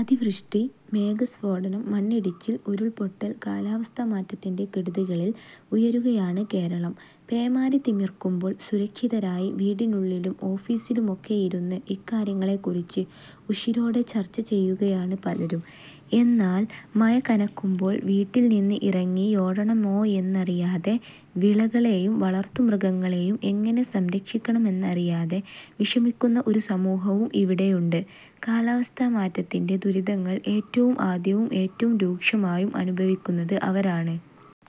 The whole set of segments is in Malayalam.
അതിവൃഷ്ടി, മേഘസ്ഫോടനം, മണ്ണിടിച്ചിൽ, ഉരുൾപൊട്ടൽ കാലാവസ്ഥാമാറ്റത്തിന്റെ കെടുതികളിൽ ഉഴറുകയാണ് കേരളം. പേമാരി തിമിർക്കുമ്പോൾ സുരക്ഷിതരായി വീടിനുള്ളിലും ഓഫിസിലുമൊക്കെയിരുന്ന് ഇക്കാര്യങ്ങളെക്കുറിച്ച് ഉശിരോടെ ചർച്ച ചെയ്യുകയാണ് പലരും. എന്നാൽ മഴ കനക്കുമ്പോൾ വീട്ടിൽനിന്ന് ഇറങ്ങി യോടണമോയെന്നറിയാതെ, വിളകളെയും വളർത്തുമൃഗങ്ങളെയും എങ്ങനെ സംരക്ഷിക്കണമെന്നറിയാതെ വിഷമിക്കുന്ന ഒരു സമൂഹവും ഇവിടെയുണ്ട്. കാലാവസ്ഥാമാറ്റത്തിന്റെ ദുരിതങ്ങൾ ഏറ്റവും ആദ്യവും ഏറ്റവും രൂക്ഷമായും അനുഭവിക്കുന്നത് അവരാണ്.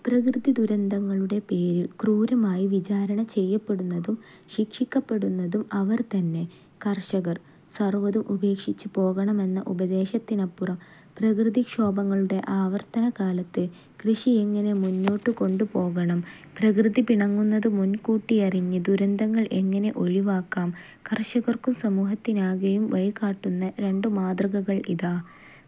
പ്രകൃതിദുരന്തങ്ങളുടെ പേരിൽ ക്രൂരമായി വിചാരണ ചെയ്യപ്പെടുന്നതും ശിക്ഷിക്കപ്പെടുന്നതും അവർതന്നെ – കർഷകർ. സർവതും ഉപേക്ഷിച്ച് പോകണമെന്ന ഉപദേശത്തിനപ്പുറം പ്രകൃതിക്ഷോഭങ്ങളുടെ ആവർത്തനകാലത്ത് കൃഷി എങ്ങനെ മുന്നോട്ടുകൊണ്ടുപോകണം. പ്രകൃതി പിണങ്ങുന്നതു മുൻകൂട്ടിയറിഞ്ഞ് ദുരന്തങ്ങൾ എങ്ങനെ ഒഴിവാക്കാം. കർഷകർക്കും സമൂഹത്തിനാകെയും വഴികാട്ടുന്ന രണ്ടു മാതൃകകൾ ഇതാ.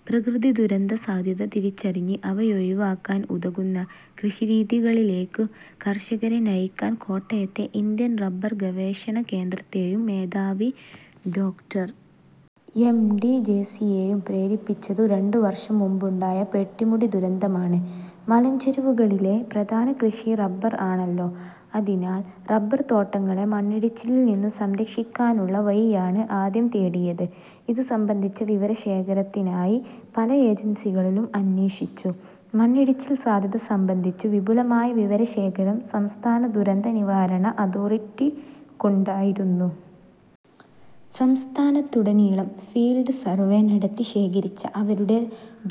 പ്രകൃതിദുരന്തസാധ്യത തിരിച്ചറിഞ്ഞ് അവയൊഴിവാക്കാൻ ഉതകുന്ന കൃഷിരീതികളിലേക്കു കർഷകരെ നയിക്കാൻ കോട്ടയത്തെ ഇന്ത്യൻ റബർ ഗവേഷണകേന്ദ്രത്തെയും മേധാവി ഡോ. എം. ഡി. ജെസിയെയും പ്രേരിപ്പിച്ചതു രണ്ടു വർഷം മുമ്പുണ്ടായ പെട്ടിമുടി ദുരന്തമാണ്. മലഞ്ചെരുവുകളിലെ പ്രധാന കൃഷി റബർ ആണല്ലോ. അതിനാൽ റബർതോട്ടങ്ങളെ മണ്ണിടിച്ചിലിൽനിന്നു സംരക്ഷിക്കാനുള്ള വഴിയാണ് ആദ്യം തേടിയത്. ഇതു സംബന്ധിച്ച വിവരശേഖരത്തിനായി പല ഏജൻസികളിലും അന്വേഷിച്ചു. മണ്ണിടിച്ചിൽ സാധ്യത സംബന്ധിച്ചു വിപുലമായ വിവരശേഖരം സംസ്ഥാന ദുരന്ത നിവാരണ അതോറിട്ടിക്കുണ്ടായിരുന്നു. സംസ്ഥാനത്തുടനീളം ഫീൽഡ് സർവേ നടത്തി ശേഖരിച്ച അവരുടെ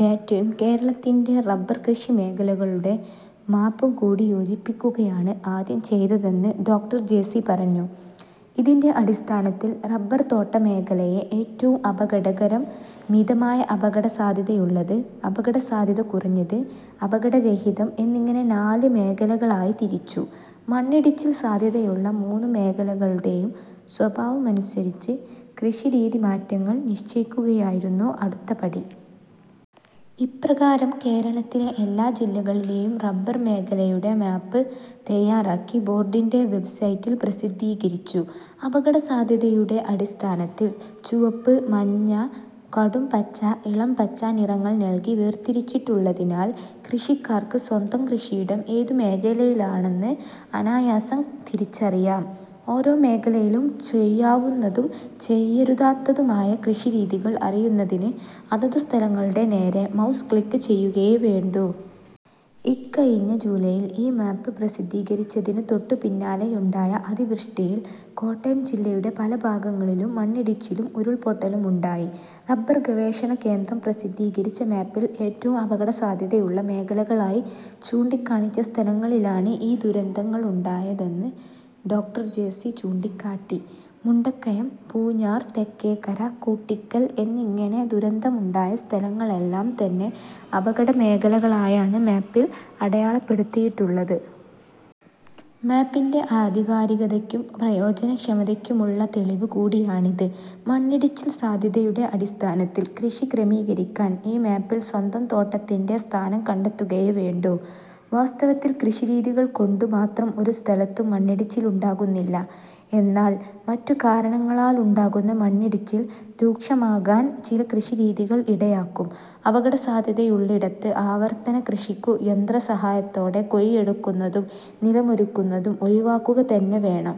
ഡേറ്റയും കേരളത്തിന്റെ റബർകൃഷിമേഖലകളുടെ മാപ്പും കൂട്ടിയോജിപ്പിക്കുകയാണ് ആദ്യം ചെയ്തതെന്ന് ഡോ. ജെസി പറഞ്ഞു. ഇതിന്റെ അടിസ്ഥാനത്തിൽ റബർതോട്ടമേഖലയെ ഏറ്റവും അപകടകരം, മിതമായ അപകടസാധ്യതയുള്ളത്, അപകടസാധ്യത കുറഞ്ഞത്, അപകടരഹിതം എന്നിങ്ങനെ നാല് മേഖലകളായി തിരിച്ചു. മണ്ണിടിച്ചിൽ സാധ്യതയുള്ള മൂന്നു മേഖലകളുടെയും സ്വഭാവമനുസരിച്ച് കൃഷിരീതിമാറ്റങ്ങൾ നിശ്ചയിക്കുകയായിരുന്നു അടുത്ത പടി. ഇപ്രകാരം കേരളത്തിലെ എല്ലാ ജില്ലകളിലെയും റബർ മേഖലയുടെ മാപ്പ് തയാറാക്കി ബോർഡിന്റെ വെബ്സൈറ്റിൽ പ്രസിദ്ധീകരിച്ചു. അപകടസാധ്യതയുടെ അടിസ്ഥാനത്തിൽ ചുവപ്പ്, മഞ്ഞ, കടും പച്ച, ഇളം പച്ച നിറങ്ങൾ നൽകി വേർതിരിച്ചിട്ടുള്ളതിനാൽ കൃഷിക്കാർക്ക് സ്വന്തം കൃഷിയിടം ഏതു മേഖലയിലാണെന്ന് അനായാസം തിരിച്ചറിയാം. ഓരോ മേഖലയിലും ചെയ്യാവുന്നതും ചെയ്യരുതാത്തതുമായ കൃഷിരീതികൾ അറിയുന്നതിന് അതതു സ്ഥലങ്ങളുടെ നേരെ മൗസ് ക്ലിക് ചെയ്യുകയേ വേണ്ടൂ. ഇക്കഴിഞ്ഞ ജൂലൈയിൽ ഈ മാപ്പ് പ്രസിദ്ധീകരിച്ചതിനു തൊട്ടുപിന്നാലെയുണ്ടായ അതിവൃഷ്ടിയിൽ കോട്ടയം ജില്ലയുടെ പല ഭാഗങ്ങളിലും മണ്ണിടിച്ചിലും ഉരുൾപൊട്ടലുമുണ്ടായി. റബർ ഗവേഷണകേന്ദ്രം പ്രസിദ്ധീകരിച്ച മാപ്പിൽ ഏറ്റവും അപകടസാധ്യതയുള്ള മേഖലകളായി ചൂണ്ടിക്കാണിച്ച സ്ഥലങ്ങളിലാണ് ഈ ദുരന്തങ്ങളുണ്ടായ തെന്ന് ഡോ. ജെസി ചൂണ്ടിക്കാട്ടി. മുണ്ടക്കയം, പൂഞ്ഞാർ തെക്കേക്കര, കൂട്ടിക്കൽ എന്നിങ്ങനെ ദുരന്തമുണ്ടായ സ്ഥലങ്ങളെല്ലാംതന്നെ അപകടമേഖലകളായാണ് മാപ്പിൽ അടയാളപ്പെടുത്തിയിട്ടുള്ളത്. മാപ്പിന്റെ ആധികാരികതയ്ക്കും പ്രയോജനക്ഷമതയ്ക്കുമുള്ള തെളിവ് കൂടിയാണിത്. മണ്ണിടിച്ചിൽ സാധ്യതയുടെ അടിസ്ഥാനത്തിൽ കൃഷി ക്രമീകരിക്കാൻ ഈ മാപ്പിൽ സ്വന്തം തോട്ടത്തിന്റെ സ്ഥാനം കണ്ടെത്തുകയേ വേണ്ടൂ. വാസ്തവത്തിൽ കൃഷിരീതികൾകൊണ്ടു മാത്രം ഒരു സ്ഥലത്തും മണ്ണിടിച്ചിലുണ്ടാകുന്നില്ല. എന്നാൽ മറ്റു കാരണങ്ങളാലുണ്ടാകുന്ന മണ്ണിടിച്ചില് രൂക്ഷമാക്കാൻ ചില കൃഷിരീതികൾ ഇടയാക്കും. അപകടസാധ്യതയുള്ളിടത്ത് ആവർത്തനക്കൃഷിക്കു യന്ത്രസഹായത്തോടെ കുഴിയെടുക്കുന്നതും നിലമൊരുക്കുന്നതും ഒഴിവാക്കുകതന്നെ വേണം.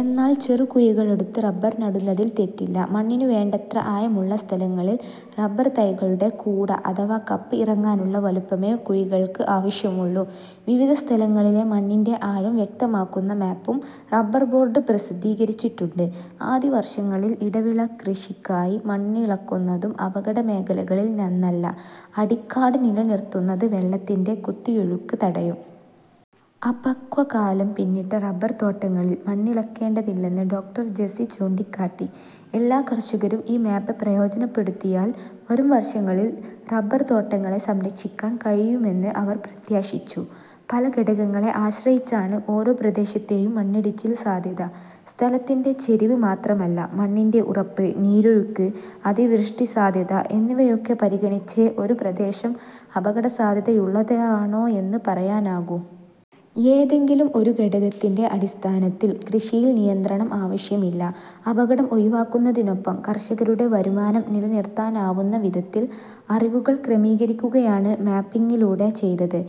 എന്നാൽ ചെറുകുഴികളെടുത്ത് റബർ നടുന്നതിൽ തെറ്റില്ല. മണ്ണിനു വേണ്ടത്ര ആഴമുള്ള സ്ഥലങ്ങളിൽ റബർതൈകളുടെ കൂട അഥവാ കപ്പ് ഇറങ്ങാനുള്ള വലുപ്പമേ കുഴികൾക്ക് ആവശ്യമുള്ളൂ. വിവിധ സ്ഥലങ്ങളിലെ മണ്ണിന്റെ ആഴം വ്യക്തമാക്കുന്ന മാപ്പും റബർബോർഡ് പ്രസിദ്ധീകരിച്ചിട്ടുണ്ട്. ആദ്യവർഷങ്ങളിൽ ഇടവിളക്കൃഷിക്കായി മണ്ണിളക്കുന്നതും അപകടമേഖലകളിൽ നന്നല്ല. അടിക്കാട് നിലനിർത്തുന്നത് വെള്ളത്തിന്റെ കുത്തിയൊഴുക്ക് തടയും. അപക്വകാലം പിന്നിട്ട റബർതോട്ടങ്ങളിൽ മണ്ണിളക്കേണ്ടതില്ലെന്ന് ഡോ. ജെസി ചൂണ്ടിക്കാട്ടി. എല്ലാ കർഷകരും ഈ മാപ്പ് പ്രയോജനപ്പെടുത്തിയാൽ വരുംവർഷങ്ങളിൽ റബർതോട്ടങ്ങളെ സംരക്ഷിക്കാൻ കഴിയുമെന്ന് അവർ പ്രത്യാശിച്ചു. പല ഘടകങ്ങളെ ആശ്രയിച്ചാണ് ഓരോ പ്രദേശത്തെയും മണ്ണിടിച്ചിൽ സാധ്യത. സ്ഥലത്തിന്റെ ചെരിവ് മാത്രമല്ല, മണ്ണിന്റെ ഉറപ്പ്, നീരൊഴുക്ക്, അതിവൃഷ്ടിസാധ്യത എന്നിവയൊക്കെ പരിഗണിച്ചേ ഒരു പ്രദേശം അപകടസാധ്യതയുള്ളതാണോയെന്നു പറയാനാകൂ. ഏതെങ്കിലും ഒരു ഘടകത്തിന്റെ അടിസ്ഥാനത്തിൽ കൃഷിയിൽ നിയന്ത്രണം ആവശ്യമില്ല. അപകടം ഒഴിവാക്കുന്നതിനൊപ്പം കർഷകരുടെ വരുമാനം നിലനിർത്താനാവുന്ന വിധത്തിൽ അറിവുകൾ ക്രമീകരിക്കുകയാണ് മാപ്പിങ്ങിലൂടെ ചെയ്തത്.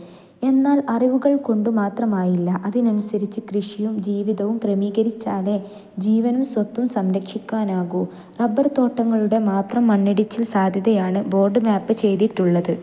എന്നാൽ അറിവുകൾകൊണ്ടു മാത്രമായില്ല, അതിനനുസരിച്ച് കൃഷിയും ജീവിതവും ക്രമീകരിച്ചാലേ ജീവനും സ്വത്തും സംരക്ഷിക്കാനാകൂ. റബർതോട്ടങ്ങളുടെ മാത്രം മണ്ണിടിച്ചിൽ സാധ്യതയാണ് ബോർഡ് മാപ്പ് ചെയ്തിട്ടുള്ളത്.